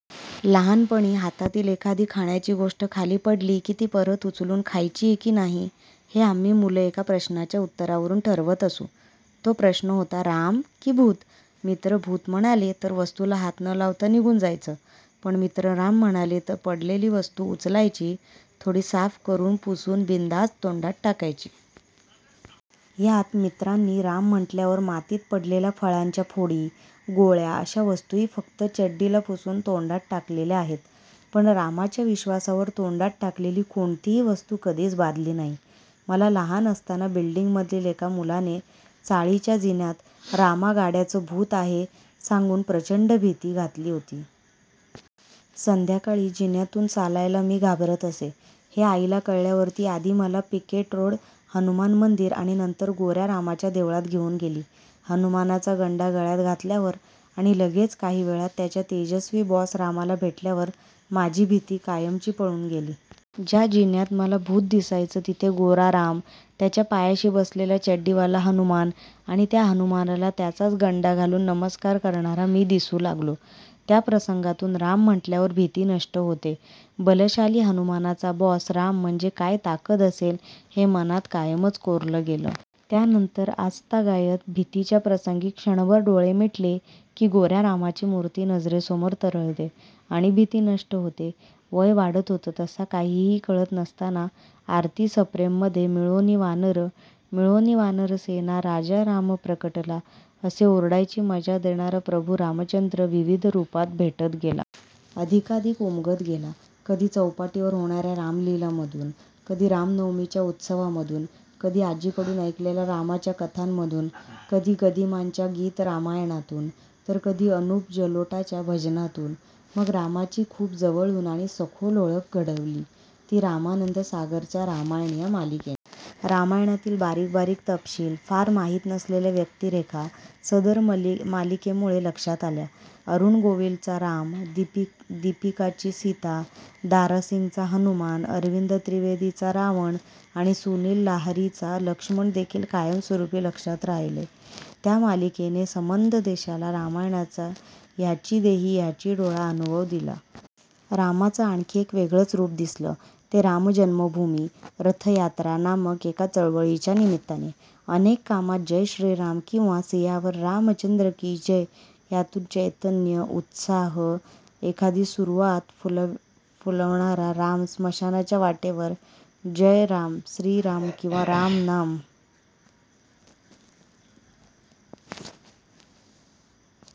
लहानपणी हातातील एखादी खाण्याची गोष्ट खाली पडली की ती परत उचलून खायची की नाही हे आम्ही मुल एका प्रश्नाच्या उत्तरावरून ठरवत असू. तो प्रश्न होता "राम की भूत? " मित्र भूत म्हणाले तर वस्तूला हात न लावता निघून जायचं पण मित्र राम म्हणाले तर पडलेली वस्तू उचलायची, थोडी साफ करून, पुसून बिनधास्त तोंडात टाकायची. ह्यात मित्रांनी राम म्हटल्यावर मातीत पडलेल्या फळांच्या फोडी, गोळ्या अश्या वस्तूही फक्त चड्डीला पुसून तोंडात टाकलेल्या आहेत. पण रामाच्या विश्वासावर तोंडात टाकलेली कोणतीही वस्तू कधीच बाधली नाही! मला लहान असताना बिल्डिंग मधील एका मुलाने चाळीच्या जिन्यात रामा गाड्याच भूत आहे सांगून प्रचंड भीती घातली होती. संध्याकाळी जिन्यातून चालायला मी घाबरत असे. हे आईला कळल्यावर ती आधी मला पिकेट रोड हनुमान मंदिर आणि नंतर गोऱ्या रामाच्या देवळात घेऊन गेली. हनुमानाचा गंडा गळ्यात घातल्यावर आणि लगेच काही वेळात त्याच्या तेजस्वी बॉस रामाला भेटल्यावर माझी भीती कायमची पळून गेली. ज्या जिन्यात मला भूत दिसायचं तिथे गोरा राम, त्याच्या पायाशी बसलेला चड्डीवाला हनुमान आणि त्या हनुमानाला त्याचाच गंडा घालून नमस्कार करणारा मी दिसू लागलो. त्या प्रसंगातून राम म्हटल्यावर भीती नष्ट होते, बलशाली हनुमानाचा बॉस राम म्हणजे काय ताकद असेल हे मनात कायमच कोरल गेलं. त्यानंतर आजतागायत भीतीच्या प्रसंगी क्षणभर डोळे मिटले की गोऱ्या रामाची मूर्ती नजरेसमोर तरळते आणि भीती नष्ट होते! वय वाढत होतं तसा काहीही कळत नसताना आरती सप्रेम मध्ये "मिळोनि वानर ….,मिळोनि वानर सेना राजा राम प्रकटला" असे ओरडायची मजा देणारा प्रभू रामचंद्र विविध रुपात भेटत गेला. अधिकाधिक उमगत गेला. कधी चौपाटीवर होणाऱ्या रामलीला मधून, कधी रामनवमीच्या उत्सवामधून, कधी आजीकडून ऐकलेल्या रामाच्या कथांमधून, कधी गदिमांच्या गीत रामायणातून, तर कधी अनुप जलोटाच्या भजनातून. मग रामाची खूप जवळून आणि सखोल ओळख घडवली ती रामानंद सागरच्या रामायण ह्या मालिकेने. रामायणातील बारीक बारीक तपशील, फार माहीत नसलेल्या व्यक्तीतरेखा सदर मालिकेमुळे लक्षात आल्या. अरुण गोविलचा राम, दीपिका ची सीता, दारासिंगचा हनुमान, अरविंद त्रिवेदीचा रावण आणि सुनील लाहीरीचा लक्ष्मण देखील कायम स्वरूपी लक्षात राहिले! त्या मालिकेने संबंध देशाला रामायणाचा ह्याची देही ह्याची डोळा अनुभव दिला. रामाच आणखी एक वेगळंच रूप दिसलं ते रामजन्मभूमी, रथयात्रा नामक एका चळवळीच्या निमित्ताने. अनेक कामात "जय श्री राम" किंवा "सियावर रामचंद्र की जय" ह्यातून चैतन्य, उत्साह, एखादी सुरुवात फुलवणारा राम स्मशानाच्या वाटेवर "जय राम… श्री राम" किंवा "राम नाम